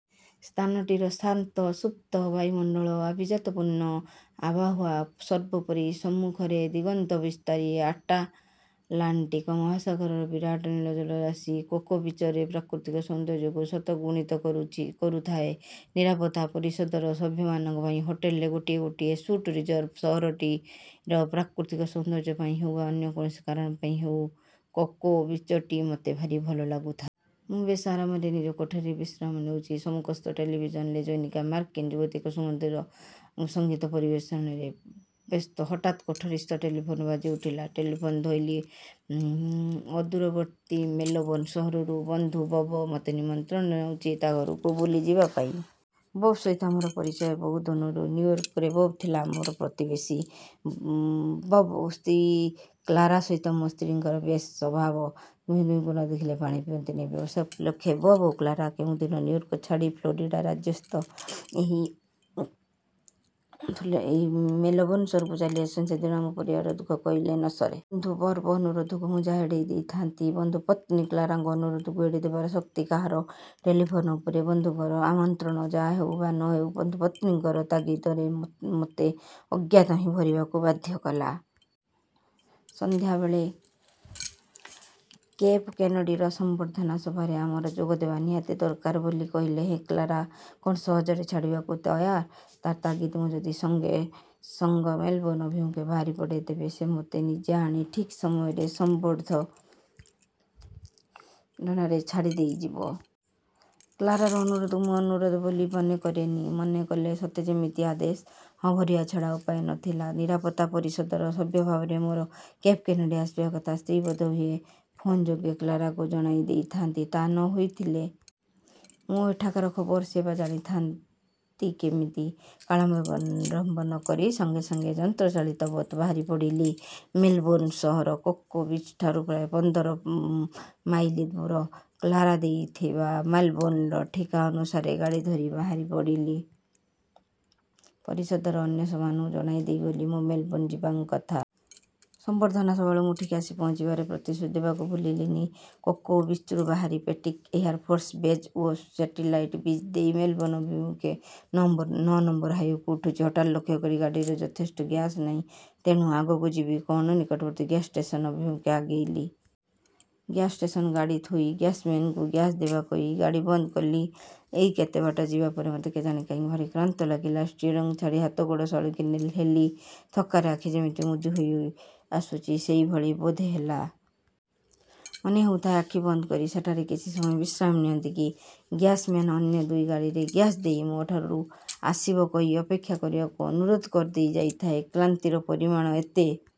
ସ୍ଥାନଟିର ଶାନ୍ତ ସୁପ୍ତ ବାୟୁମଣ୍ଡଳ, ଆଭିଜାତପୂର୍ଣ୍ଣ ଆବହୱାଓ ସର୍ବୋପରି ସମ୍ମୁଖରେ ଦିଗନ୍ତ ବାସ୍ତାରୀ ଆଟଲାଣ୍ଟିକ ମହାସାଗରର ବିରାଟ ନୀଳ ଜଳରାଶି କୋକୋ ବିଚରେ ପ୍ରାକୃତିକ ସୌନ୍ଦର୍ଯ୍ୟକୁ ଶତ ଗୁଣିତ କରୁଚି କରୁଥାଏ। ନିରାପତ୍ତା ପରିଷଦର ସଭ୍ୟମାନଙ୍କ ପାଇଁ ହୋଟେଲର ଗୋଟିଏ ଗୋଟିଏ ସୁଟ୍ ରିଜର୍ଭ। ସହରଟିର ପ୍ରାକୃତିକ ସୌନ୍ଦର୍ଯ୍ୟ ପାଇଁ ହେଉ ବା ଅନ୍ୟ କୌଣସି କାରଣ ପାଇଁ ହେଉ, କୋକୋ ବିଚଟି ମୋତେ ଭାରି ଭଲ ଲାଗୁଥାଏ। ମୁଁ ବେଶ୍ ଆରାମରେ ନିଜ କୋଠରୀରେ ବିଶ୍ରାମ ନେଉଛି ସମ୍ମୁଖସ୍ଥ ଟେଲିଭିଜନରେ ଜନୈକା ମାର୍କିନ ଯୁବତୀ ଏକ ସୁମଧୁର ସଙ୍ଗୀତ ପରିବେଷଣରେ ବ୍ୟସ୍ତ, ହଠାତ୍ କୋଠରୀସ୍ଥ ଟେଲିଫୋନ ବାଜିଉଠିଲା। ଟେଲିଫୋନ ଧଇଲି ଉମ ଅଦୂରବର୍ତ୍ତୀ ମେଲବୋର୍ଣ୍ଣ ସହରରୁ ବନ୍ଧୁ ବବ ମୋତେନିମନ୍ତ୍ରଣ ଜଣାଉଛି ତା ଘରକୁ ବୁଲି ଯିବା ପାଇଁ। ବବ୍ ସହିତ ଆମର ପରିଚୟ ବହୁ ଦିନରୁ। ନିଉୟର୍କରେ ବବ୍ ଥିଲା ଆମର ପ୍ରତିବେଶୀ। ବବ୍ ସ୍ତ୍ରୀ କ୍ଳାରା ସହିତ ମୋ ସ୍ତ୍ରୀଙ୍କର ବେଶ ସଭାବ। ଦୁହେଁ ଦୁହିଁଙ୍କୁ ନ ଦେଖିଲେ ପାଣି ପିଅନ୍ତିନି। ବ୍ୟବସାୟ ଉପଲକ୍ଷେ ବବ୍ ଓ କ୍ଳାରା ଯେଉଁ ଦିନ ନିଉୟର୍କ ଛାଡ଼ି ଫ୍ଳୋରିଡ଼ା ରାଜ୍ୟସ୍ଥ ଏହି ଏହି ମେଲବୋର୍ଣ୍ଣ ସହରକୁ ଚାଲିଆସନ୍ତି, ସେଦିନ ଆମ ପରିବାରର ଦୁଃଖ କହିଲେ ନ ସରେ। ବନ୍ଧୁ ବବ ଅନୁରୋଧକୁ ମୁଁ ଯାହା ଏଡ଼ି ଦେଇଥାନ୍ତି ବନ୍ଧୁ ପତ୍ନୀ କ୍ଳାରାଙ୍କ ଅନୁରୋଧକୁ ଏଡ଼ି ଦେବାର ଶକ୍ତି କାହାର? ଟେଲିଫୋନ ଉପରେ ବନ୍ଧୁଙ୍କର ଆମତ୍ରଣ ଯାହେଉ ବା ନ ହେଉ ବନ୍ଧୁ ପତ୍ନୀଙ୍କର ତାଗି ଦରେ ମତ୍ ମୋତେ ଅଗ୍ୟାତ ହିଁ ଭରିବାକୁ ବାଧ୍ୟ କଲା। ସନ୍ଧ୍ୟାବେଳେ କେପକେନେଡ଼ିର ସମ୍ବର୍ଦ୍ଧନା ସଭାରେ ଆମର ଯୋଗଦେବା ନିହାତି ଦରକାର ବୋଲି କହିଲେ ହେଁ କ୍ଳାରା କ'ଣ ସହଜରେ ଛାଡ଼ିବାକୁ ତିଆର? ତାର ତାଗିଦ୍ ମୁଁ ଯଦି ସଙ୍ଗେ ସଙ୍ଗ ମେଲବୋର୍ଣ୍ଣ ଅଭିମୁଖେ ବାହାରି ପଡ଼େ, ତେବେ ସେ ମୋତେ ନିଜେ ଆଣି ଠିକ୍ ସମୟରେ ସମ୍ବର୍ଦ୍ଧନା ସଭାରେ ଛାଡ଼ି ଦେଇଯିବ। କ୍ଳାରାର ଅନୁରୋଧକୁ ମୁଁ ଅନୁରୋଧ ବୋଲି ମନେକରେନି, ମନେକଲେ ସତେ ଯେମିତି ଆଦେଶ। ହଁ ଭରିବା ଛଡ଼ା ଅନ୍ୟ ଉପାୟ ନ ଥିଲା। ନିରାପତ୍ତା ପରିଷଦର ସଭ୍ୟଭାବରେ ମୋର କେପ୍ କେନେଡ଼ି ଆସିବା କଥା ସ୍ତ୍ରୀ ବୋଧହୁଏ ଫୋନ ଯୋଗେ କ୍ଳାରାକୁ ଜଣାଇ ଦେଇଥାନ୍ତି, ତା ନ ହୋଇଥିଲେ। ମୋ ଏଠାକାର ଖବର ସେ ବା ଜାଣିଥାନ୍ତି କେମିତି? କାଳ ବିଳମ୍ବ ନ କରି ସଙ୍ଗେ ସଙ୍ଗେ ଯନ୍ତ୍ରଚାଳିତବତ୍ ବାହାରି ପଡ଼ିଲି। ମେଲବୋର୍ଣ୍ଣ ସହର କୋକୋ ବିଚଠାରୁ ପ୍ରାୟ ପନ୍ଦର ମାଇଲ ଦୂର। କ୍ଳାରା ଦେଇଥିବା ମେଲବୋର୍ଣ୍ଣ ଠିକ୍ଣା ଅନୁସାରେ ଗାଡ଼ି ଧରି ବାହାରିଲି। ପରିଷଦର ଅନ୍ୟ ସଭ୍ୟମାନଙ୍କୁ ଜଣାଇ ଦେଇଗଲି ମୋ ମେଲବୋର୍ଣ୍ଣ ଯିବା କଥା। ସମ୍ବର୍ଦ୍ଧନା ସଭାବେଳକୁ ମୁଁ ଠିକ୍ ଆସି ପହଞ୍ଚିବାର ପ୍ରତିଶ୍ରୁତି ଦେବାକୁ ଭୁଲିଲିନି। କୋକୋ ବିଚ୍ରୁ ବାହାରି ପେଟିକ୍ ଏୟାର ଫୋର୍ସ ବେଜ ଓ ସେଟିଲାଇଟ ବିଚ୍ ଦେଇ ମେଲବୋର୍ଣ୍ଣ ଅଭିମୁଖେ ନମ୍ୱ ନଅ ନମ୍ବର ହାଇୱେକୁ ଉଠୁଛି, ହଠାତ୍ ଲକ୍ଷ୍ୟକଲି ଗାଡ଼ିରେ ଯଥେଷ୍ଟ ଗ୍ୟାସ ନାହିଁ। ତେଣୁ ଆଗକୁ ଯିବି କଅଣ ନିକବର୍ତ୍ତୀ ଗ୍ୟାସ୍ ଷ୍ଟେସନ ଅଭିମୁଖେ ଆଗେଇଲି। ଗ୍ୟାସଷ୍ଟେସନ ଗାଡ଼ି ଥୋଇ ଗ୍ୟାସମେନକୁ ଗ୍ୟାସ ଦେବା ପାଇଁ କହି ଗାଡ଼ି ବନ୍ଦ କଲି। ଏଇ କେତେ ବାଟ ଯିବା ପରେ ମୋତେ କେଜାଣି କାହିଁକି ଭାରି କ୍ଳାନ୍ତ ଲାଗିଲା। ଷ୍ଟିଅରିଂ ଛାଡ଼ି ହାତଗୋଡ଼ ସଳଖି ହେଲି। ଥକ୍କାରେ ଆଖି ଯେମିତି ମୁଦି ହୋଇଆସୁଛି ସେହିଭଳି ବୋଧହେଲା । ମନେ ହେଉଥାଏ, ଆଖି ବନ୍ଦ କରି ସେଠାରେ କିଛି ସମୟ ବିଶ୍ରାମ ନିଅନ୍ତି କି। ଗ୍ୟାସମେନ ଅନ୍ୟ ଦୁଇଟି ଗାଡ଼ିରେ ଗ୍ୟାସ ଦେଇ ମୋ'ଠାକୁ ଆସିବ କହି ଅପେକ୍ଷା କରିବାକୁ ଅନୁରୋଧ କରିଦେଇ ଯାଇଥାଏ। କ୍ଳାନ୍ତିର ପରିମାଣ ଏତେ